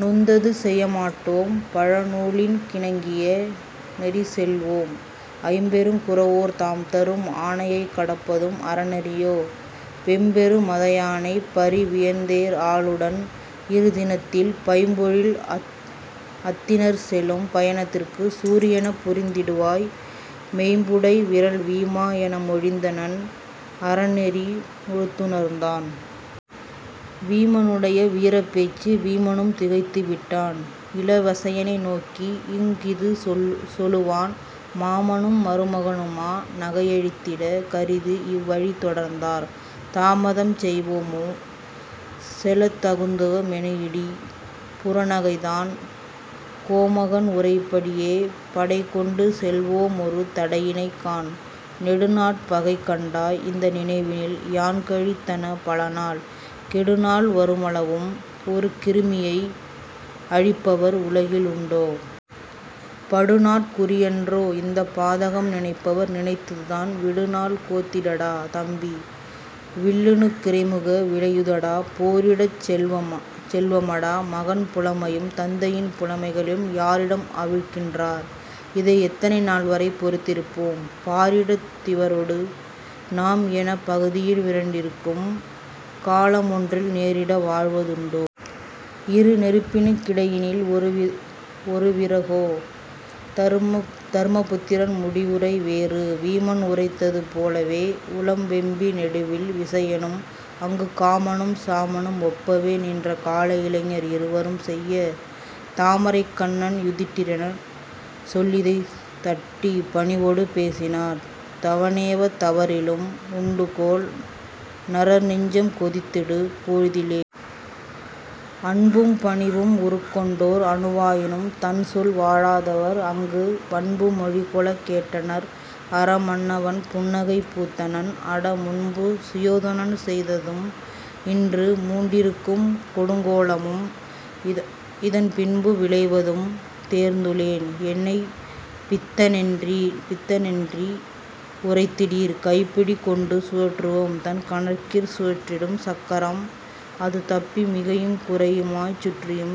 நொந்தது செயமாட் டோம்;-பழ நூலினுக் கிணங்கிய நெறிசெல் வோம். 'ஐம்பெருங் குரவோர் தாம்,-தரும் ஆணையைக் கடப்பதும் அறநெறி யோ? வெம்பெரு மத யானை-பரி வியன்தேர் ஆளுடன் இருதினத் தில்। பைம்பொழில் அத்திநகர்-செலும் பயணத்திற் குரியன புரிந்திடு வாய், மொய்ம்புடை விறல் வீமா! '-என மொழிந்தனன் அறநெறி முழுதுணர்ந்தான்.. வீமனுடைய வீரப்பேச்சு வீமனும் திகைத்துவிட்டான்;-இள விசயனை நோக்கிஇங் கிதுசொலு வான், 'மாமனும் மருமகனு மா-நமை யழித்திடக் கருதிஇவ் வழிதொடர்ந் தார்; தாமதஞ் செய்வோ மோ? -செலத் தகுந்தகு'மெனஇடி யுறநகைத் தான்; கோமகன் உரைப்படி யே-படை கொண்டுசெல் வோமொரு தடையிலை காண்! 'நெடுநாட் பகைகண் டாய்! -இந்த நினைவினில் யான்கழித் தனபல நாள்; கெடுநாள் வருமளவும்-ஒரு கிருமியை அழிப்பவர் உலகிலுண் டோ? படுநாட் குறிஅன் றோ-இந்தப் பாதகம் நினைப்பவர் நினைத்தது தான்? விடுநாண் கோத்திட டா! -தம்பி! வில்லினுக் கிரைமிக விளையு தடா! 'போரிடச் செல்வ மடா! -மகன் புலைமையும் தந்தையின் புலமை களும் யாரிடம் அவிழ்க்கின் றார்? -இதை எத்தனை நாள்வரை பொறுத்திருப் போம்? பாரிடத் திவரொடு நாம்-எனப் பகுதியிவ் விரண்டிற்கும் காலமொன் றில் நேரிட வாழ்வுண் டோ? -இரு நெருப்பினுக் கிடையினில் ஒருவிற கோ? '. தருமபுத்திரன் முடிவுரை வேறு வீமன் உரைத்தது போலவே-உளம் வெம்பி நெடுவில் விசயனும் அங்கு காமனும் சாமனும் ஒப்பவே-நின்ற காளை இளைஞர் இருவரும்-செய்ய தாமரைக் கண்ணன் யுதிட்டிரன்-சொல்லைத் தட்டிப் பணிவொடு பேசினார்;-தவ நேமத் தவறலும் உண்டுகாண்,-நரர் நெஞ்சம் கொதித்திடு போழ்திலே. அன்பும் பணிவும் உருக்கொண்டோர்-அணு வாயினும் தன்சொல் வழாதவர்-அங்கு வன்பு மொழிசொலக் கேட்டனன்;-அற மன்னவன் புன்னகை பூத்தனன்;-'அட! முன்பு சுயோதனன் செய்ததும்-இன்று மூண்டிருக்குங் கொடுங் கோலமும்-இதன் பின்பு விளைவதும் தேர்ந்துளேன்-என்னைப் பித்தனென் றெண்ணி உரைத்திட்டீர்! 'கைப்பிடி கொண்டு சுழற்றுவோன்-தன் கணக்கிற் சுழன்றிடும் சக்கரம்-அது தப்பி மிகையுங் குறையுமாச்-சுற்றும்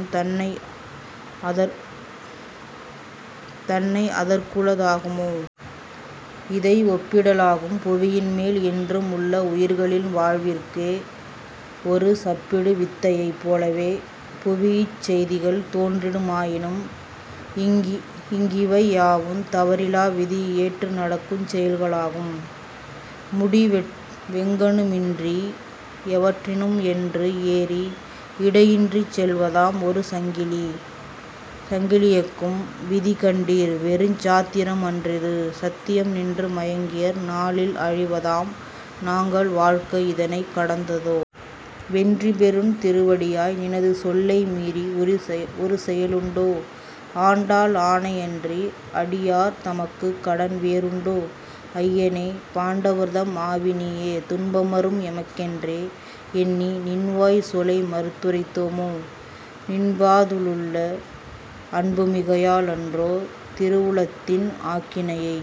தன்மை அதற்குள தாகுமோ? -இதை ஒப்பிட லாகும் புவியின்மேல்-என்றும் உள்ள உயிர்களின் வாழ்விற்கே,-ஒரு செப்பிடு வித்தையைப் போலவே-புவிச் செய்திகள் தோன்றிடு மாயினும். 'இங்கிவை யாவுந் தவறிலா-விதி ஏற்று நடக்குஞ் செயல்களாம்;-முடி வெங்கணு மின்றி எவற்றினும்-என்றும் ஏறி இடையின்றிச் செல்வதாம்-ஒரு சங்கிலி யக்கும் விதி கண்டீர்-வெறுஞ் சாத்திர மன்றிது சத்தியம்-நின்று மங்கியர் நாளில் அழிவதாம்-நங்கள் வாழ்க்கை இதனைக் கடந்ததோ? வென்றிபெறுந் திருவடியாய்! நினது சொல்லை மீறிஒரு செயலுண்டோ? ஆண்டான் ஆணை யன்றிஅடி யார்தமக்குக் கடன்வே றுண்டோ? ஐயனே! பாண்டவர்தம் ஆவி நீயே! துன்பமுரும் எமக்கென்றே எண்ணி நின்வாய்ச் சொல்லைமறுத் துரைத்தோமோ? நின்பா லுள்ள அன்புமிகையா லன்றோ திருவுளத்தின் ஆக்கினையை